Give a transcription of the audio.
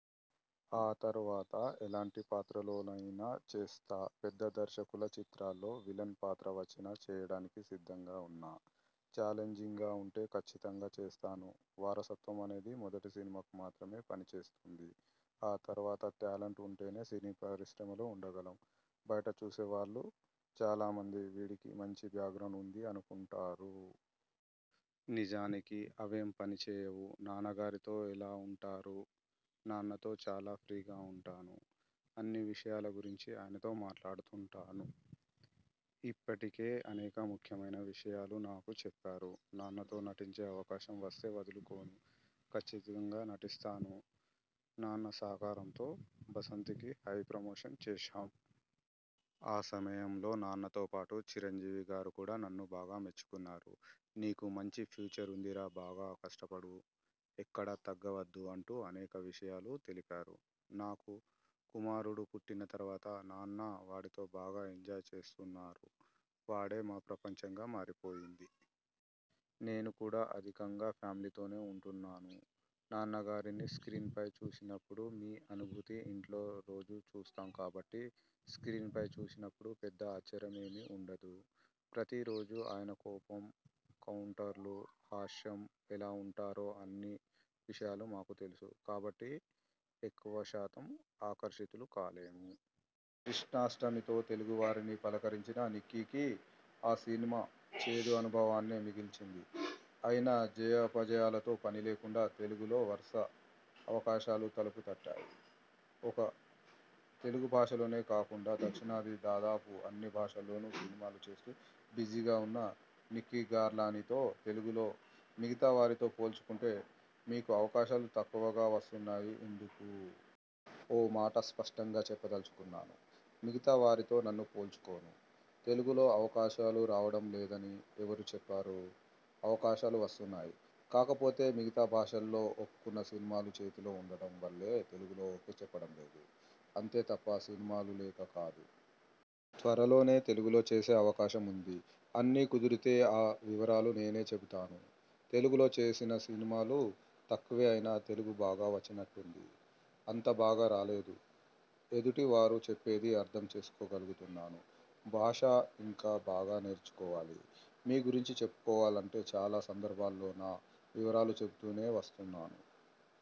ఆ తరువాత ఎలాంటి పాత్రలోనైనా చేస్తా. పెద్ద దర్శకుల చిత్రాల్లో విలన్ పాత్ర వచ్చిన చేయటానికి సిద్ధంగా ఉన్నా. చాలెంజింగ్గా ఉంటే ఖచ్చితంగా చేస్తాను. వారసత్వం అనేది మొదటి సినిమాకు మాత్రమే పనిచేస్తుంది. ఆ తర్వాత టాలెంట్ ఉంటేనే సినీపరిశ్రమలో ఉండగలం. బయటచూసే వాళ్లు చాలా మంది వీడికేం మంచి బ్యాగ్రౌండ్ ఉంది అనుకుంటారు. నిజానికి అవేం పనిచేయవు. నాన్నగారితో ఎలా ఉంటారు? నాన్నతో చాలా ఫ్రీగా ఉంటాను. అన్ని విషయాల గురించి ఆయనతో మాట్లాడుతుంటాను. ఇప్పటికే అనేక ముఖ్యమైన విషయాలు నాకు చెప్పారు. నాన్నతో నటించే అవకాశం వస్తే వదులుకోను. కచ్చితంగా నటిస్తాను. నాన్న సహకారంతో 'బసంతి'కి హై ప్రమోషన్స్ చేశాం. ఆ సమయంలో నాన్నతో పాటు చిరంజివి గారు కూడా నన్ను బాగా మెచ్చుకున్నారు. 'నీకు మంచి ఫ్యూచర్ ఉందిరా బాగా కష్టపడు ఎక్కడ తగ్గవద్దు' అంటూ అనేక విషయాలు తెలిపారు. నాకు కుమారుడు పుట్టిన తరువాత నాన్న వాడితో బాగా ఎంజాయ్ చేస్తున్నారు. వాడే మా ప్రపంచంగా మారిపోయింది. నేను కూడా అధికంగా ఫ్యామిలీతోనే ఉంటున్నాను. నాన్నగారిని స్ర్కీన్పై చూసినప్పుడు మీ అనుభూతి ఇంట్లో రోజూ చూస్తాం కాబట్టి స్ర్కీన్పై చూసినప్పుడు పెద్ద ఆశ్చర్యం ఏమీ ఉండదు. ప్రతిరోజు ఆయన కోపం, కౌంటర్లు, హాస్యం, ఎలా ఉంటారో అన్ని విషయాలు మాకు తెలుసు. కాబట్టి ఎక్కవ శాతం ఆకర్షితులు కాలేము. 'కృష్ణాష్ణమి'తో తెలుగువారిని పలకరించిన నిక్కీకి ఆ సినిమా చేదు అనుభవాన్నే మిగిల్చింది. అయినా జయాపజయాలతో పనిలేకుండా తెలుగులో వరుస అవకాశాలు తలుపు తట్టాయి. ఒక్క తెలుగుభాషలోనే కాకుండా దక్షిణాదిన దాదాపు అన్ని భాషల్లోనూ సినిమాలు చేస్తూ బిజీగా ఉన్న నిక్కీగల్రానితో తెలుగులో మిగతా వారితో పోల్చుకుంటే మీకు అవకాశాలు తక్కువగా వస్తున్నాయి ఎందుకు? ఓ మాట స్పష్టంగా చెప్పదలుచుకున్నాను. మిగతా వారితో నన్ను పోల్చుకోను. తెలుగులో అవకాశాలు రావడం లేదని ఎవరు చెప్పారు? అవకాశాలు వస్తున్నాయి. కాకపోతే మిగతా భాషలలో ఒప్పుకున్న సినిమాలు చేతిలో ఉండడం వల్లే తెలుగులో ఓకే చెప్పడం లేదు. అంతే తప్ప సినిమాలు లేక కాదు. త్వరలోనే తెలుగులో చేసే అవకాశం ఉంది. అన్నీ కుదిరితే ఆ వివరాలు నేనే చెబుతాను. తెలుగులో చేసిన సినిమాలు తక్కువే అయినా తెలుగు బాగా వచ్చినట్టుంది? అంత బాగా రాలేదు. ఎదుటి వారు చెప్పేదాన్ని అర్థం చేసుకోగలుగుతున్నాను. భాష ఇంకా బాగా నేర్చుకోవాలి. మీ గురించి చెప్పుకోవాలంటే చాలా సందర్భాలలో నా వివరాలు చెబుతూనే వస్తున్నాను.